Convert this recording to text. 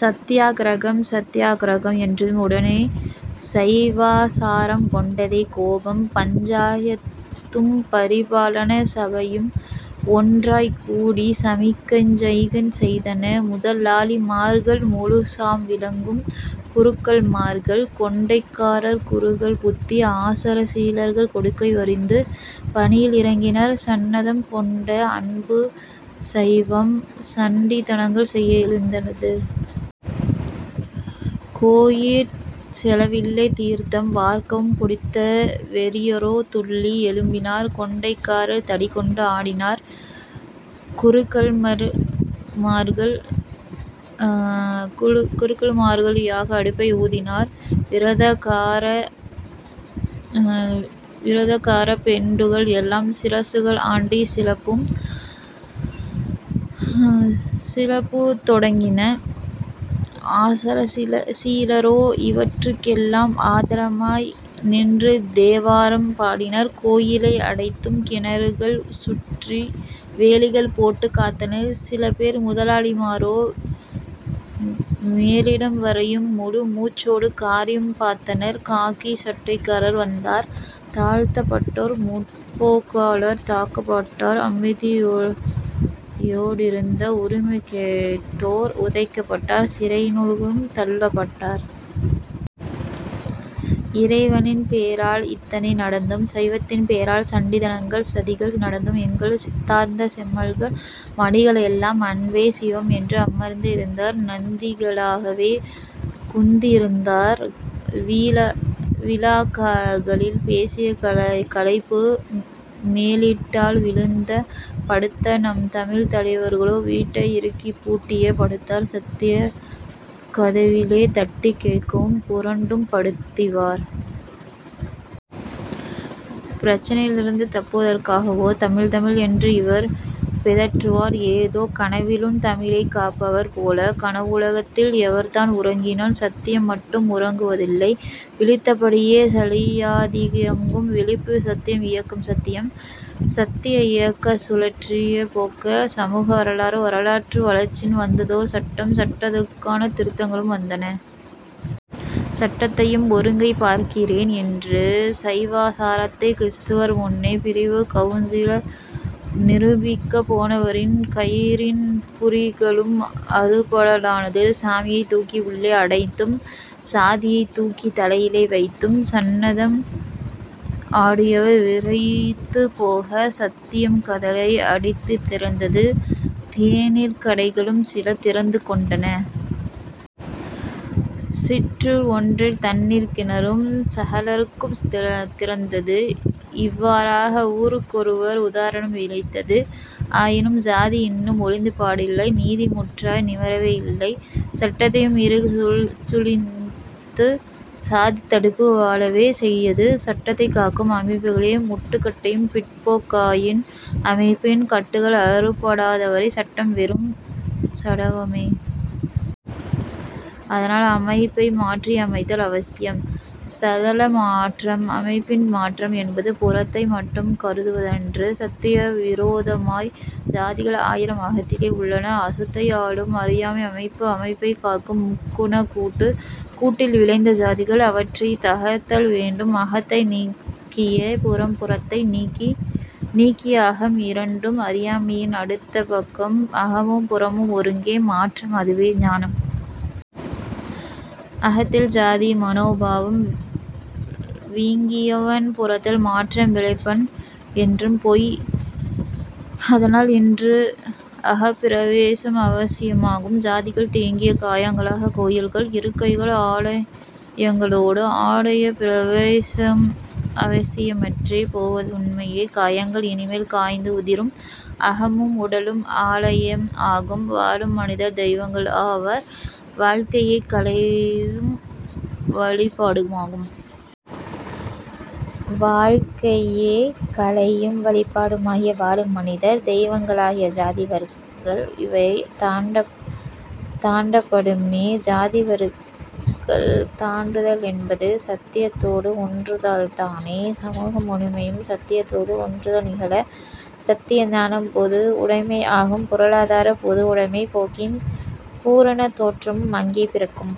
சத்யாக்கிரகம். சத்யாக் கிரகம் என்றதும் உடனே சைவாசாரம் கொண்டதே கோபம் பஞ்சாயத்தும் பரிபாலன சபையும் ஒன்றாய்க்கூடி சமிக்ஞைகள் செய்தன. முதலாளிமார்கள், முழுசாய் விழுங்கும் குருக்கள் மார்கள், கொண்டைக்காரர் குறுகல் புத்தி ஆசார சீலர்கள் கொடுக்கை வரிந்து பணியில் இறங்கினார். சன்னதம் கொண்ட அன்புச் சைவம் சண்டித் தனங்கள் செய்ய எழுந்தது. கோயிற் செலவிலே 'தீர்த்தம்' வார்க்கவும் குடித்த வெறியரோ துள்ளி எழும்பினார் கொண்டைக்காரர் தடி கொண்டு ஆடினார் குருக்கள்மார் யாக அடுப்பை ஊதினார். விரதகாரப் பெண்டுகள் எல்லாம் சிரசுகள் ஆட்டிச் சிலுப்பத் தொடங்கினார் ஆசார சீலரோ இவற்றுக் கெல்லாம் ஆதாரமாய் நின்று தேவாரம் பாடினார் கோயிலை அடைத்தும் கிணறுகள் சுற்றி வேலிகள் போட்டும் காத்தனர் சிலபேர் முதலாளிமாரோ மேலிடம் வரையும் முழுமூச்சோடு 'காரியம்' பார்த்தனர் காக்கிச் சட்டைக்காரர் வந்தார் தாழ்த்தப்பட்டோர், முற்போக்காளர் தாக்கப்பட்டார் அமைதியோடிருந்து உரிமை கேட்டோர் உதைக்கப்பட்டார் சிறையினுள்ளும் தள்ளப் பட்டார். இறைவனின் பேரால் இத்தனை நடந்தும் சைவத்தின் பேரால் சண்டித்தனங்கள், சதிகள் நடந்தும் எங்கள் சித்தாந்தச் செம்மல்கள், மணிகள் எல்லாம் அன்பே சிவம் என்று அமர்ந்தே இருந்தார்; நந்திகளாகவே குந்தியிருந்தார். விழாக்களில் பேசிய களைப்பு மேலீட்டால் விழுந்து படுத்த நம் தமிழ்த் தலைவர்களோ வீட்டை இறுக்கிப் பூட்டியே படுத்தார் சத்தியம் கதவிலே தட்டிக் கேட்கவும் புரண்டும் படுத்திலார்! பிரச்சினையிலிருந்து தப்புதற்காகவோ 'தமிழ் தமிழ்' என்று இவர் பிதற்றுவார் ஏதோ கனவிலுந் தமிழைக் காப்பவர் போல. கனவுலகத்தில் எவர்தான் உறங்கினும் சத்தியம் மட்டும் உறங்குவதில்லை. விழித்தபடியே சலியாதியங்கும் விழிப்பு சத்தியம் இயக்கம் சத்தியம். சத்திய இயக்கச் சுழற்சியின் போக்கே சமூக வரலாறு. வரலாற்று வளர்ச்சியில் வந்ததோர் சட்டம் சட்டத்துக்கான திருத்தங்களும் வந்தன. சட்டத்தையும் ஒருகை பார்க்கிறேன் என்று சைவாசாரத்தை கிறீஸ்தவர் முன்னே பிறிவிக் கவுன்சிலில் நிரூபிக்கப் போனவரின் 'கயிறி'ன் புரிகளும் அறுபடலானது. சாமியைத் தூக்கி உள்ளே அடைத்தும் சாதியைத் தூக்கித் தலையிலே வைத்தும் சன்னதம் ஆடியவர் விறைத்துப் போக சத்தியம் கதவை அடித்துத் திறந்தது. தேனீர்க் கடைகளும் சில திறந்து கொண்டன. சிற்றூர் ஒன்றில் தண்ணீர்க் கிணறும் சகலர்க்கும் திறந்தது. இவ்வாறாக ஊருக்கொவ்வொரு உதாரணம் விளைந்தது. ஆயினும் சாதி இன்னும் ஒழிந்த பாடில்லை நீதி முற்றாய் நிமிரவே இல்லை. சட்டத்தையும் மீறிச் சுழித்து சாதித் தடிப்பு வாழவே செய்யுது சட்டத்தைக் காக்கும் அமைப்புகளே முட்டுக்கட்டைப் பிற்போக்காயின. அமைப்பின் கட்டுகள் அறுபடாதவரை சட்டம் வெறும் சடலமே। அதனால் அமைப்பை மாற்றி அமைத்தல் அவசியம்.. ஸ்தல மாற்றம் அமைப்பின் மாற்றம் என்பது புறத்தை மட்டும் கருதுவதன்று சத்தியவிரோதமாய் சாதிகள் ஆயிரம் அகத்திலே உள்ளன. அகத்தை ஆளும் அறியாமை அமைப்பு அமைப்பைக் காக்கும் முக்குணக் கூட்டு கூட்டில் விளைந்த சாதிகள். அவற்றையும் தகர்த்தல் வேண்டும் அகத்தை நீக்கிய புறம் புறத்தை நீக்கிய அகம் இரண்டும் அறியாமையின் அடுத்தபக்கம் அகமும் புறமும் ஒருங்கே மாற்றம் அதுவே ஞானம். அகத்தில் சாதி மனோபாவம் வீங்கியவன் புறத்தில் மாற்றம் விளைப்பன் என்பது பொய். அதனால் இன்று அகப்பிரவேசம் அவசியமாகும். சாதிகள் தேங்கிய காயங்களாக கோயில்கள் இருக்கையில் ஆலயங்களோடு ஆலயப் பிரவேசமும் அவசியமற்றே போவதுண்மையே. காயங்கள் இனிமேல் காய்ந்து உதிரும் அகமும் உடலும் ஆலயம் ஆகும் வாழும் மனிதர் தெய்வங்கள் ஆவர் வாழ்க்கையே கலையும் வழிபாடுமாகும். வாழ்க்கையே கலையும் வழிபாடுமாகி வாழும் மனிதர் தெய்வங்களாக சாதி வர்க்கங்கள் இவை தாண்டப்படுமே சாதி வர்க்கங்கள் தாண்டுத லென்பது சத்தியத்தோடு ஒன்றுதல்தானே. சமூகம் முழுமையும் சத்தியத்தோடு ஒன்றுதல் நிகழ சத்திய ஞானம் பொது உடைமை ஆகும்; பொருளாதாரப் பொதுவுடமைப் போக்கின் பூரணத் தோற்றமும் அங்கே பிறக்கும்.